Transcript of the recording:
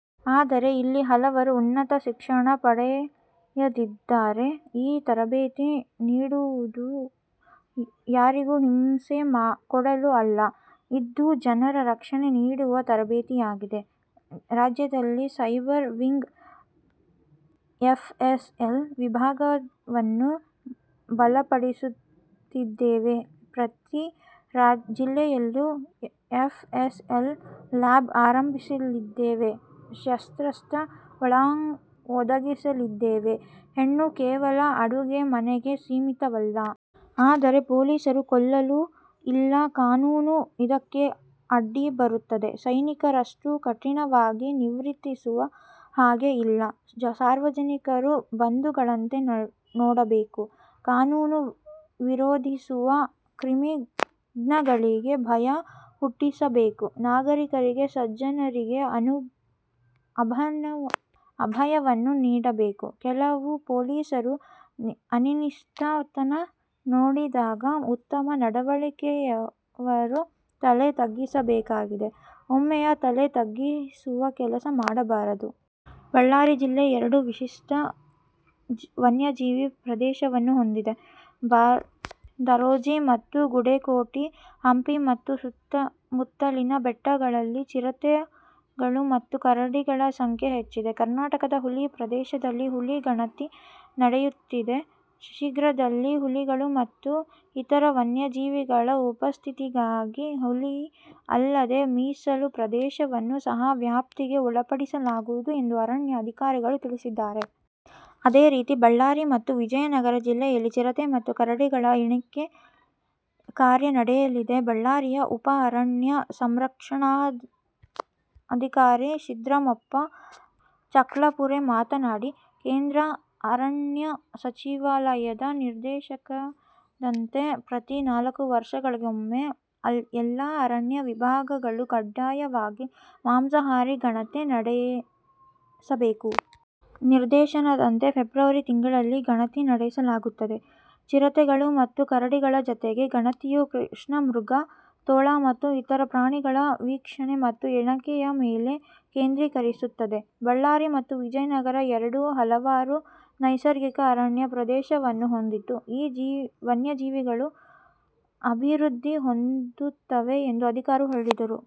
ಆದರೆ ಇಲ್ಲಿ ಹಲವರು ಉನ್ನತ ಶಿಕ್ಷಣ ಪಡೆದವರಿದ್ದಾರೆ. ಈ ತರಬೇತಿ ನೀಡಿರುವುದು ಯಾರಿಗೂ ಹಿಂಸೆ ಕೊಡಲು ಅಲ್ಲ. ಇದು ಜನರ ರಕ್ಷಣೆಗೆ ನೀಡಿರುವ ತರಬೇತಿಯಾಗಿದೆ. ರಾಜ್ಯದಲ್ಲಿ ಸೈಬರ್ ವಿಂಗ್ ಎಫ್ಎಸ್ಎಲ್ ವಿಭಾಗವನ್ನು ಬಲಪಡಿಸುತ್ತಿದ್ದೇವೆ. ಪ್ರತಿ ಜಿಲ್ಲೆಯಲ್ಲೂ ಎಫ್ಎಸ್ಎಲ್ ಲ್ಯಾಬ್ ಆರಂಭಿಸಲಿದ್ದೇವೆ, ಶಸ್ತ್ರಾಸ್ತ್ರ ಒದಗಿಸಲಿದ್ದೇವೆ. ಹೆಣ್ಣು ಕೇವಲ ಅಡುಗೆ ಮನೆಗೆ ಸೀಮಿತವಲ್ಲ. ಆದರೆ ಪೊಲೀಸರು ಕೊಲ್ಲಲು ಇಲ್ಲ ಕಾನೂನು ಇದಕ್ಕೆ ಅಡ್ಡಿಬರುತ್ತದೆ. ಸೈನಿಕರಷ್ಟು ಕಠಿಣವಾಗಿ ವರ್ತಿಸುವ ಹಾಗೆ ಇಲ್ಲ. ಸಾರ್ವಜನಿಕರನ್ನು ಬಂಧುಗಳಂತೆ ನೋಡಬೇಕು. ಕಾನೂನು ವಿರೋಧಿಸುವ ಕ್ರಿಮಿನಲ್ಗಳಿಗೆ ಭಯ ಹುಟ್ಟಿಸಬೇಕು. ನಾಗರೀಕರಿಗೆ ಸಜ್ಜನರಿಗೆ ಅಭಯವನ್ನು ನೀಡಬೇಕು. ಕೆಲವು ಪೊಲೀಸರು ಅನಿಷ್ಟತನ ನೋಡಿದಾಗ ಉತ್ತಮ ನಡವಳಿಕೆಯವರು ತಲೆ ತಗ್ಗಿಸಬೇಕಾಗಿದೆ. ಒಮ್ಮೆಯೂ ತಲೆ ತಗ್ಗಿಸುವ ಕೆಲಸ ಮಾಡಬಾರದು. ಬಳ್ಳಾರಿ ಜಿಲ್ಲೆ ಎರಡು ವಿಶಿಷ್ಟ ವನ್ಯಜೀವಿ ಪ್ರದೇಶಗಳನ್ನು ಹೊಂದಿದೆ. ದರೋಜಿ ಮತ್ತು ಗುಡೇಕೋಟೆ. ಹಂಪಿ ಮತ್ತು ಸುತ್ತಮುತ್ತಲಿನ ಬೆಟ್ಟಗಳಲ್ಲಿ ಚಿರತೆಗಳು ಮತ್ತು ಕರಡಿಗಳ ಸಂಖ್ಯೆ ಹೆಚ್ಚಿದೆ. ಕರ್ನಾಟಕದ ಹುಲಿ ಪ್ರದೇಶಗಳಲ್ಲಿ ಹುಲಿ ಗಣತಿ ನಡೆಯುತ್ತಿದೆ. ಶೀಘ್ರದಲ್ಲೇ ಹುಲಿಗಳು ಮತ್ತು ಇತರ ವನ್ಯಜೀವಿಗಳ ಉಪಸ್ಥಿತಿಗಾಗಿ ಹುಲಿ ಅಲ್ಲದ ಮೀಸಲು ಪ್ರದೇಶಗಳನ್ನು ಸಹ ವ್ಯಾಪ್ತಿಗೆ ಒಳಪಡಿಸಲಾಗುವುದು ಎಂದು ಅರಣ್ಯ ಅಧಿಕಾರಿಗಳು ತಿಳಿಸಿದ್ದಾರೆ. ಅದೇ ರೀತಿ ಬಳ್ಳಾರಿ ಮತ್ತು ವಿಜಯನಗರ ಜಿಲ್ಲೆಗಳಲ್ಲಿ ಚಿರತೆ ಮತ್ತು ಕರಡಿಗಳ ಎಣಿಕೆ ಕಾರ್ಯ ನಡೆಯಲಿದೆ. ಬಳ್ಳಾರಿಯ ಉಪ ಅರಣ್ಯ ಸಂರಕ್ಷಣಾಧಿಕಾರಿ ಸಿದ್ರಾಮಪ್ಪ ಚಳ್ಕಾಪುರೆ ಮಾತನಾಡಿ, ಕೇಂದ್ರ ಅರಣ್ಯ ಸಚಿವಾಲಯದ ನಿರ್ದೇಶನದಂತೆ ಪ್ರತಿ ನಾಲ್ಕು ವರ್ಷಗಳಿಗೊಮ್ಮೆ ಎಲ್ಲಾ ಅರಣ್ಯ ವಿಭಾಗಗಳು ಕಡ್ಡಾಯವಾಗಿ ಮಾಂಸಾಹಾರಿ ಗಣತಿ ನಡೆಸಬೇಕು. ನಿರ್ದೇಶನದಂತೆ ಫೆಬ್ರವರಿ ತಿಂಗಳಲ್ಲಿ ಗಣತಿ ನಡೆಸಲಾಗುತ್ತಿದೆ. ಚಿರತೆಗಳು ಮತ್ತು ಕರಡಿಗಳ ಜೊತೆಗೆ, ಗಣತಿಯು ಕೃಷ್ಣಮೃಗ, ತೋಳ ಮತ್ತು ಇತರ ಪ್ರಾಣಿಗಳ ವೀಕ್ಷಣೆ ಮತ್ತು ಎಣಿಕೆಯ ಮೇಲೆ ಕೇಂದ್ರೀಕರಿಸುತ್ತದೆ. ಬಳ್ಳಾರಿ ಮತ್ತು ವಿಜಯನಗರ ಎರಡೂ ಹಲವಾರು ನೈಸರ್ಗಿಕ ಅರಣ್ಯ ಪ್ರದೇಶಗಳನ್ನು ಹೊಂದಿದ್ದು, ಈ ವನ್ಯಜೀವಿಗಳು ಅಭಿವೃದ್ಧಿ ಹೊಂದುತ್ತವೆ ಎಂದು ಅಧಿಕಾರಿ ಹೇಳಿದರು.